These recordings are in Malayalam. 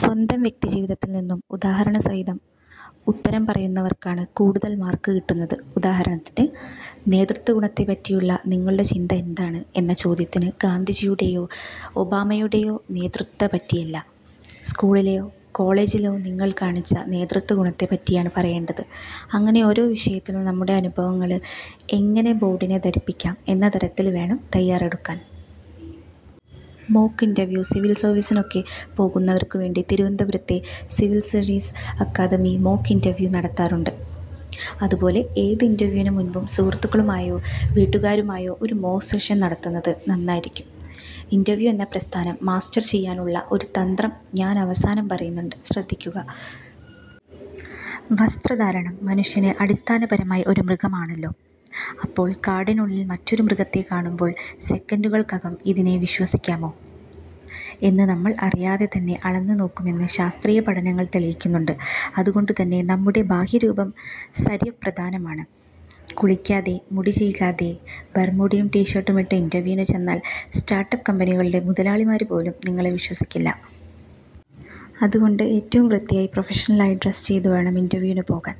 സ്വന്തം വ്യക്തിജീവിതത്തില് നിന്നും ഉദാഹരണസഹിതം ഉത്തരം പറയുന്നവര്ക്കാണ് കൂടുതല് മാര്ക്ക് കിട്ടുന്നത്. ഉദാഹരണത്തിന് 'നേതൃത്വഗുണത്തെപ്പറ്റിയുള്ള നിങ്ങളുടെ ചിന്ത എന്താണ്. ' എന്ന ചോദ്യത്തിന് ഗാന്ധിജിയുടെയോ ഒബാമയുടെയോ നേതൃത്വത്തെപ്പറ്റിയല്ല, സ്കൂളിലോ കോളേജിലോ നിങ്ങള് കാണിച്ച നേതൃത്വഗുണത്തെപ്പറ്റിയാണ് പറയേണ്ടത്. അങ്ങനെ ഓരോ വിഷയത്തിലും നമ്മുടെ അനുഭവങ്ങള് എങ്ങനെ ബോര്ഡിനെ ധരിപ്പിക്കാം എന്ന തരത്തില് വേണം തയ്യാറെടുക്കാന്.. മോക്ക് ഇന്റര്വ്യൂ:സിവില് സര്വീസിനൊക്കെ പോകുന്നവര്ക്കു വേണ്ടി തിരുവനന്തപുരത്തെ civil service academy mock interview നടത്താറുണ്ട്. അതുപോലെ ഏത് ഇന്റര്വ്യൂവിന് മുന്പും സുഹൃത്തുക്കളുമായോ വീട്ടുകാരുമായോ ഒരു മോക്ക് സെഷന് നടത്തുന്നത് നന്നായിരിക്കും. ഇന്റര്വ്യൂ എന്ന പ്രസ്ഥാനം മാസ്റ്റര് ചെയ്യാനുള്ള ഒരു തന്ത്രം ഞാന് അവസാനം പറയുന്നുണ്ട്, ശ്രദ്ധിക്കുക.. വസ്ത്രധാരണം:മനുഷ്യന് അടിസ്ഥാനപരമായി ഒരു മൃഗമാണല്ലോ. അപ്പോള് കാടിനുള്ളില് മറ്റൊരു മൃഗത്തെ കാണുമ്പോള് സെക്കന്റുകള്ക്കകം 'ഇതിനെ വിശ്വസിക്കാമോ' എന്ന് നമ്മള് അറിയാതെ തന്നെ അളന്നു നോക്കുമെന്ന് ശാസ്ത്രീയപഠനങ്ങള് തെളിയിക്കുന്നുണ്ട്. അതുകൊണ്ടുതന്നെ നമ്മുടെ ബാഹ്യരൂപം സര്വപ്രധാനമാണ്. കുളിക്കാതെ, മുടി ചീകാതെ, ബര്മുഡയും ടീഷര്ട്ടുമിട്ട് ഇന്റര്വ്യൂവിന് ചെന്നാല് സ്റ്റാര്ട്ടപ്പ് കമ്പനികളുടെ മുതലാളിമാര് പോലും നിങ്ങളെ വിശ്വസിക്കില്ല. അതുകൊണ്ട് ഏറ്റവും വൃത്തിയായി പ്രൊഫഷണലായി ഡ്രസ്സ് ചെയ്തുവേണം ഇന്റര്വ്യൂവിന് പോകാന്.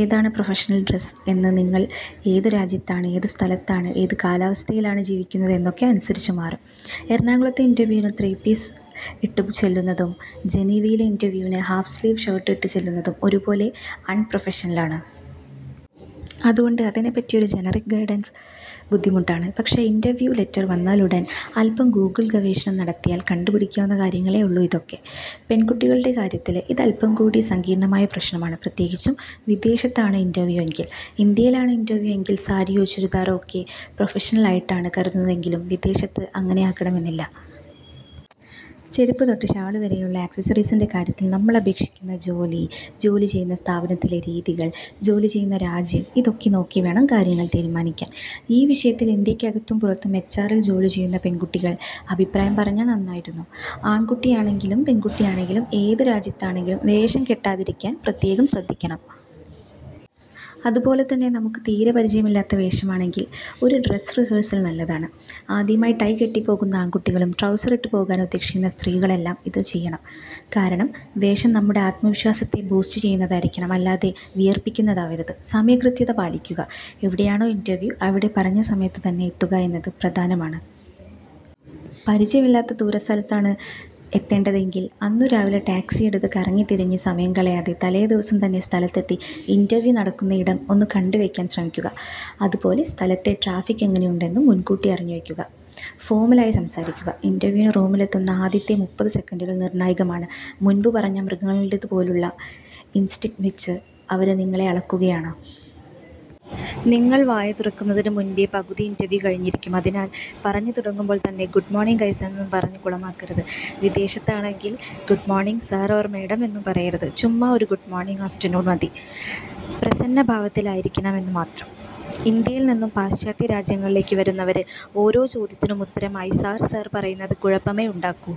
ഏതാണ് പ്രൊഫഷണല് ഡ്രസ്സ് എന്നത് നിങ്ങള് ഏതു രാജ്യത്താണ്, ഏതു സ്ഥലത്താണ്, ഏത് കാലാവസ്ഥയിലാണ് ജീവിക്കുന്നത് എന്നതൊക്കെ അനുസരിച്ച് മാറും. എറണാകുളത്തെ ഇന്റര്വ്യൂവിന് ത്രീ പീസ് സ്യൂട്ട് ഇട്ടു ചെല്ലുന്നതും ജനീവയിലെ ഇന്റര്വ്യൂവിന് ഹാഫ് സ്ലീവ് ഷിര്ട്ടിട്ടു ചെല്ലുന്നതും ഒരുപോലെ അണ്പ്രൊഫഷണലാണ്. അതുകൊണ്ട് അതിനെപ്പറ്റി ഒരു ജനറിക് ഗൈഡന്സ് ബുദ്ധിമുട്ടാണ്. പക്ഷെ ഇന്റര്വ്യൂ ലെറ്റര് വന്നാലുടന് അല്പം ഗൂഗിള് ഗവേഷണം നടത്തിയാല് കണ്ടുപിടിക്കാവുന്ന കാര്യങ്ങളേയുള്ളു ഇതൊക്കെ. പെണ്കുട്ടികളുടെ കാര്യത്തില് ഇത് അല്പം കൂടി സങ്കീര്ണ്ണമായ പ്രശ്നമാണ്. പ്രത്യേകിച്ചും വിദേശത്താണ് ഇന്റര്വ്യൂ എങ്കില്. ഇന്ത്യയിലാണ് ഇന്റര്വ്യൂ എങ്കില് സാരിയോ ചുരിദാറോ ഒക്കെ പ്രൊഫഷണല് ആയിട്ടാണ് കരുതുന്നതെങ്കിലും വിദേശത്ത് അങ്ങനെ ആകണമെന്നില്ല. ചെരിപ്പ് തൊട്ട് ഷാള് വരെയുള്ള ആക്സസസറീസിന്റെ കാര്യത്തില് നമ്മള് അപേക്ഷിക്കുന്ന ജോലി, ജോലി ചെയ്യുന്ന സ്ഥാപനത്തിലെ രീതികള്, ജോലി ചെയ്യുന്ന രാജ്യം ഇതൊക്കെ നോക്കിവേണം കാര്യങ്ങള് തീരുമാനിക്കാന്. ഈ വിഷയത്തില് ഇന്ത്യക്കകത്തും പുറത്തും എച്ച്ആറില് ജോലി ചെയ്യുന്ന പെണ്കുട്ടികള് അഭിപ്രായം പറഞ്ഞാല് നന്നായിരുന്നു. ആണ്കുട്ടിയാണെങ്കിലും പെണ്കുട്ടിയാണെങ്കിലും ഏതു രാജ്യത്താണെങ്കിലും 'വേഷം കെട്ടാ'തിരിക്കാന് പ്രത്യേകം ശ്രദ്ധിക്കണം. അതുപോലെ തന്നെ നമുക്ക് തീരെ പരിചയമില്ലാത്ത വേഷമാണെങ്കില് ഒരു ഡ്രസ്സ് റിഹേഴ്സല് നല്ലതാണ്. ആദ്യമായി ടൈ കെട്ടിപ്പോകുന്ന ആണ്കുട്ടികളും ട്രൗസറിട്ട് പോകാനുദ്ദേശിക്കുന്ന സ്ത്രീകളുമെല്ലാം ഇത് ചെയ്യണം. കാരണം വേഷം നമ്മുടെ ആത്മവിശ്വാസത്തെ ബൂസ്റ്റ് ചെയ്യുന്നതായിരിക്കണം, അല്ലാതെ വിയര്പ്പിക്കുന്നതാകരുത്.. സമയകൃത്യത പാലിക്കുക:എവിടെയാണോ ഇന്റര്വ്യൂ അവിടെ പറഞ്ഞ സമയത്തു തന്നെ എത്തുക എന്നത് ഏറ്റവും പ്രധാനമാണ്. പരിചയമില്ലാത്ത ദൂരസ്ഥലത്താണ് എത്തേണ്ടതെങ്കില് അന്നുരാവിലെ ടാക്സിയെടുത്ത് കറങ്ങിത്തിരിഞ്ഞ് സമയം കളയാതെ തലേദിവസം തന്നെ സ്ഥലത്തെത്തി ഇന്റര്വ്യൂ നടക്കുന്നയിടം ഒന്നു കണ്ടുവെക്കാന് ശ്രമിക്കുക. അതുപോലെ സ്ഥലത്തെ ട്രാഫിക് എങ്ങനെയുണ്ടെന്നും മുന്കൂട്ടി അറിഞ്ഞുവെക്കുക.. ഫോര്മലായി സംസാരിക്കുക:ഇന്റര്വ്യൂവിന് റൂമിലെത്തുന്ന ആദ്യത്തെ മുപ്പത് സെക്കന്റ് നിര്ണ്ണായകമാണ്. മുന്പ് പറഞ്ഞ മൃഗങ്ങളുടേതു പോലുള്ള ഇന്സ്റ്റിന്ക്ട് വെച്ച് അവര് നിങ്ങളെ അളക്കുകയാണ്. നിങ്ങള് വായ തുറക്കുന്നതിനു മുന്പേ പകുതി ഇന്റര്വ്യൂ കഴിഞ്ഞിരിക്കും. അതിനാല് പറഞ്ഞുതുടങ്ങുമ്പോള് തന്നെ 'ഗുഡ്മോര്ണിംഗ് ഗയ്സ്' എന്നൊന്നും പറഞ്ഞ് കുളമാക്കരുത്. വിദേശത്താണെങ്കില് ഗുഡ്മോര്ണിംഗ് സാര്/ മാഡം എന്നും പറയരുത്. ചുമ്മാ ഒരു ഗുഡ്മോര്ണിംഗ് ്റ്റര്നൂണ് മതി, പ്രസന്നഭാവത്തില് ആയിരിക്കണമെന്നു മാത്രം. ഇന്ത്യയില് നിന്നും പാശ്ചാത്യ രാജ്യങ്ങളിലേക്ക് വരുന്നവര് ഓരോ ചോദ്യത്തിനും ഉത്തരമായി സാര് സാര് പറയുന്നത് കുഴപ്പമേ ഉണ്ടാക്കൂ..